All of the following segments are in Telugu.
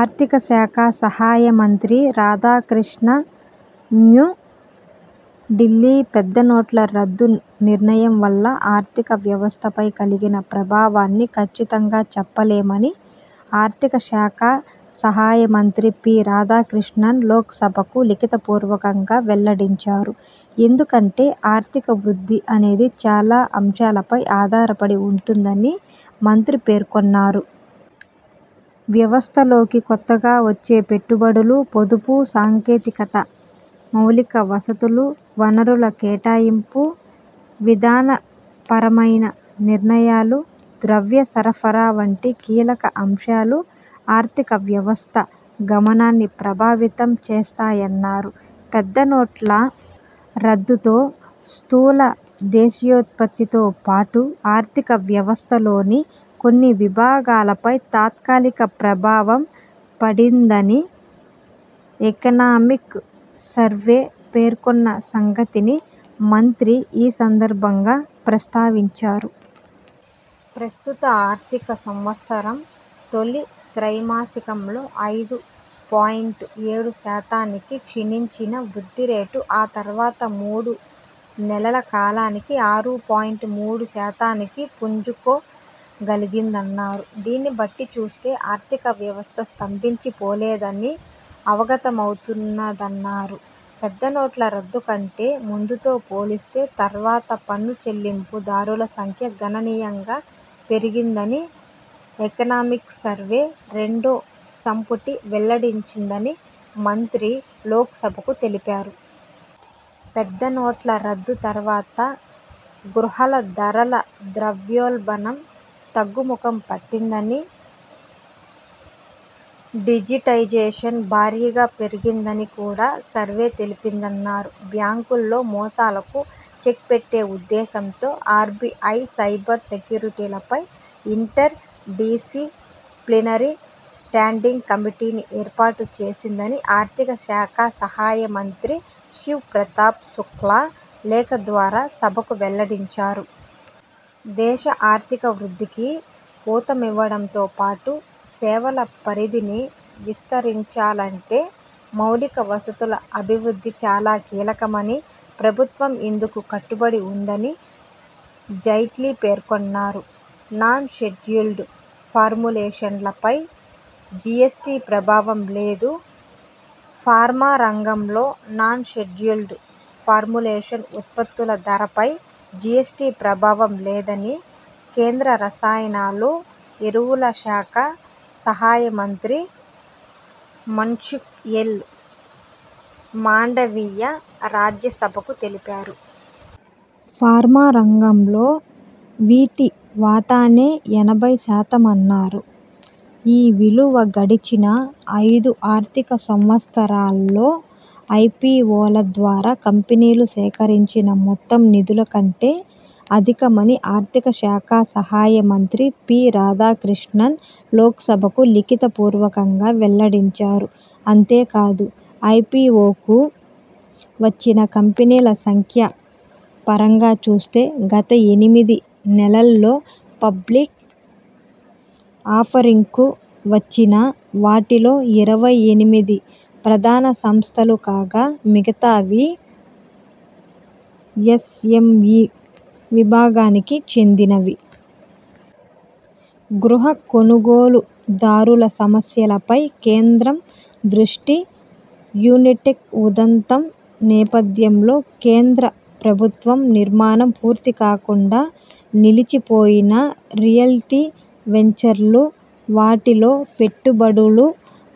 ఆర్థిక శాఖ సహాయ మంత్రి రాధాకృష్ణ న్న్యూ ఢిల్లీ పెద్ద నోట్ల రద్దు నిర్ణయం వల్ల ఆర్థిక వ్యవస్థ పై కలిగిన ప్రభావాన్ని ఖచ్చితంగా చెప్పలేమని ఆర్థిక శాఖ సహాయ మంత్రి పి రాధాకృష్ణన్ లోక్సభకు లిఖిత పూర్వకంగా వెల్లడించారు. ఎందుకంటే ఆర్థిక వృద్ధి అనేది చాలా అంశాలపై ఆధారపడి ఉంటుందని మంత్రి పేర్కొన్నారు. వ్యవస్థలోకి కొత్తగా వచ్చే పెట్టు బడులు, పొదుపు, సాంకేతికత, మౌలిక వసతులు, వనరుల కేటాయింపు, విధాన పరమైన నిర్ణయాలు, ద్రవ్య సరఫరా వంటి కీలక అంశాలు ఆర్థిక వ్యవస్థ గమనాన్ని ప్రభావితం చేస్తాయన్నారు. పెద్ద నోట్ల రద్దుతో స్థూల దేశీయోత్పత్తి తో పాటు ఆర్థిక వ్యవస్థ లోని కొన్ని విభాగాలపై తాత్కాలిక ప్రభావం పడింద ని 'ఎకనామిక్ సర్వే' పేర్కొన్న సంగతిని మంత్రి ఈ సందర్భంగా ప్రస్తావించారు. ప్రస్తుత ఆర్థిక సంవత్సరం తొలి త్రైమాసికంలో ఐదు పాయింట్ ఏడు శాతానికి క్షీణించిన వృద్ధి రేటు ఆ తర్వాత మూడు నెలల కాలానికి ఆరు పాయింట్ మూడు శాతానికి పుంజుకోగలిగిందన్నారు. దీన్నిబట్టి చూస్తే, ఆర్థిక వ్యవస్థ స్తంభించి పోలేదని అవగతమవుతున్నదన్నారు. పెద్ద నోట్ల రద్దు కంటే ముందుతో పోలిస్తే తర్వాత పన్ను చెల్లింపు దారుల సంఖ్య గణనీయంగా పెరిగిందని ఎకనామిక్ సర్వే రెండో సంపుటి వెల్లడించిందని మంత్రి లోక్సభకు తెలిపారు. పెద్ద నోట్ల రద్దు తర్వాత గృహాల ధరల ద్రవ్యోల్బణం తగ్గు ముఖం పట్టిందని, డిజిటైజేషన్ భారీగా పెరిగిందని కూడా సర్వే తెలిపిందన్నారు. బ్యాంకుల్లో మోసాలకు చెక్ పెట్టే ఉద్దేశంతో ఆర్బిఐ, సైబర్ సెక్యూరిటీ పై ఇంటర్ డిసిప్లినరీ స్టాండింగ్ కమిటీని ఏర్పాటు చేసిందని ఆర్థిక శాఖ సహాయ మంత్రి శివ్ ప్రతాప్ శుక్లా లేఖ ద్వారా సభకు వెల్లడించారు. దేశ ఆర్థిక వృద్ధికి ఊతమివ్వడంతో పాటు సేవల పరిధిని విస్తరించాలంటే మౌలిక వసతుల అభివృద్ధి చాలా కీలకమని, ప్రభుత్వం ఇందుకు కట్టుబడి ఉందని జైట్లీ పేర్కొన్నారు. నాన్ షెడ్యూల్డ్ ఫార్ములేషన్ల పై జిఎ్సటి ప్రభావం లేదు ఫార్మా రంగంలో నాన్ షెడ్యూల్డ్ ఫార్ములేషన్ ఉత్పత్తుల ధరలపై జిఎ్సటి ప్రభావం లేదని కేంద్ర రసాయనాలు, ఎరువుల శాఖ సహాయ మంత్రి మన్సుఖ్ ఎల్ మాండవీయ రాజ్యసభకు తెలిపారు. ఫార్మా రంగంలో వీటి వాటానే ఎనభై శాతమన్నారు. ఈ విలువ గడిచిన ఐదు ఆర్థిక సంవత్సరాల్లో ఐపిఒల ద్వారా కంపెనీలు సేకరించిన మొత్తం నిధుల కంటే అధికమని ఆర్థిక శాఖ సహాయ మంత్రి పి రాధాకృష్ణన్ లోక్సభకు లిఖిత పూర్వకంగా వెల్లడించారు. అంతేకాదు, ఐపిఒకు వచ్చిన కంపెనీల సంఖ్య పరంగా చూస్తే, గత ఎనిమిది నెలల్లో పబ్లిక్ ఆఫరింగ్కు వచ్చిన వాటిలో ఇరవై ఎనిమిది ప్రధాన సంస్థలు కాగా, మిగతావి ఎస్ఎంఇ విభాగానికి చెందినవి. గృహ కొనుగోలు దారుల సమస్యలపై కేంద్రం దృష్టి యునిటెక్ ఉదంతం నేపథ్యంలో కేంద్ర ప్రభుత్వం, నిర్మాణం పూర్తి కాకుండా నిలిచి పోయిన రియల్టీ వెంచర్లు, వాటిల్లో పెట్టు బడులు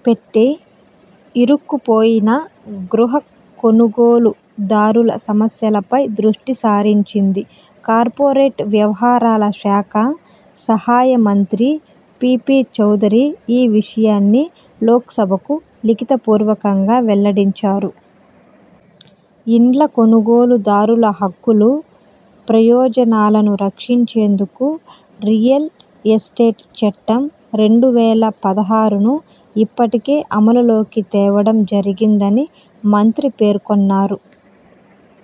పెట్టి ఇరుక్కు పోయిన గృహ కొనుగోలు దారుల సమస్యలపై దృష్టి సారించింది. కార్పొరేట్ వ్యవహారాల శాఖ సహాయ మంత్రి పిపి చౌదరీ ఈ విషయాన్ని లోక్సభకు లిఖిత పూర్వకంగా వెల్లడించారు. ఇండ్ల కొనుగోలు దారుల హక్కులు, ప్రయోజనాలను రక్షించేందుకు రియల్ ఎస్టేట్ చట్టం, రెండు వేల పదహారును ఇప్పటికే అమలు లోకి తేవడం జరిగిందని మంత్రి పేర్కొన్నారు.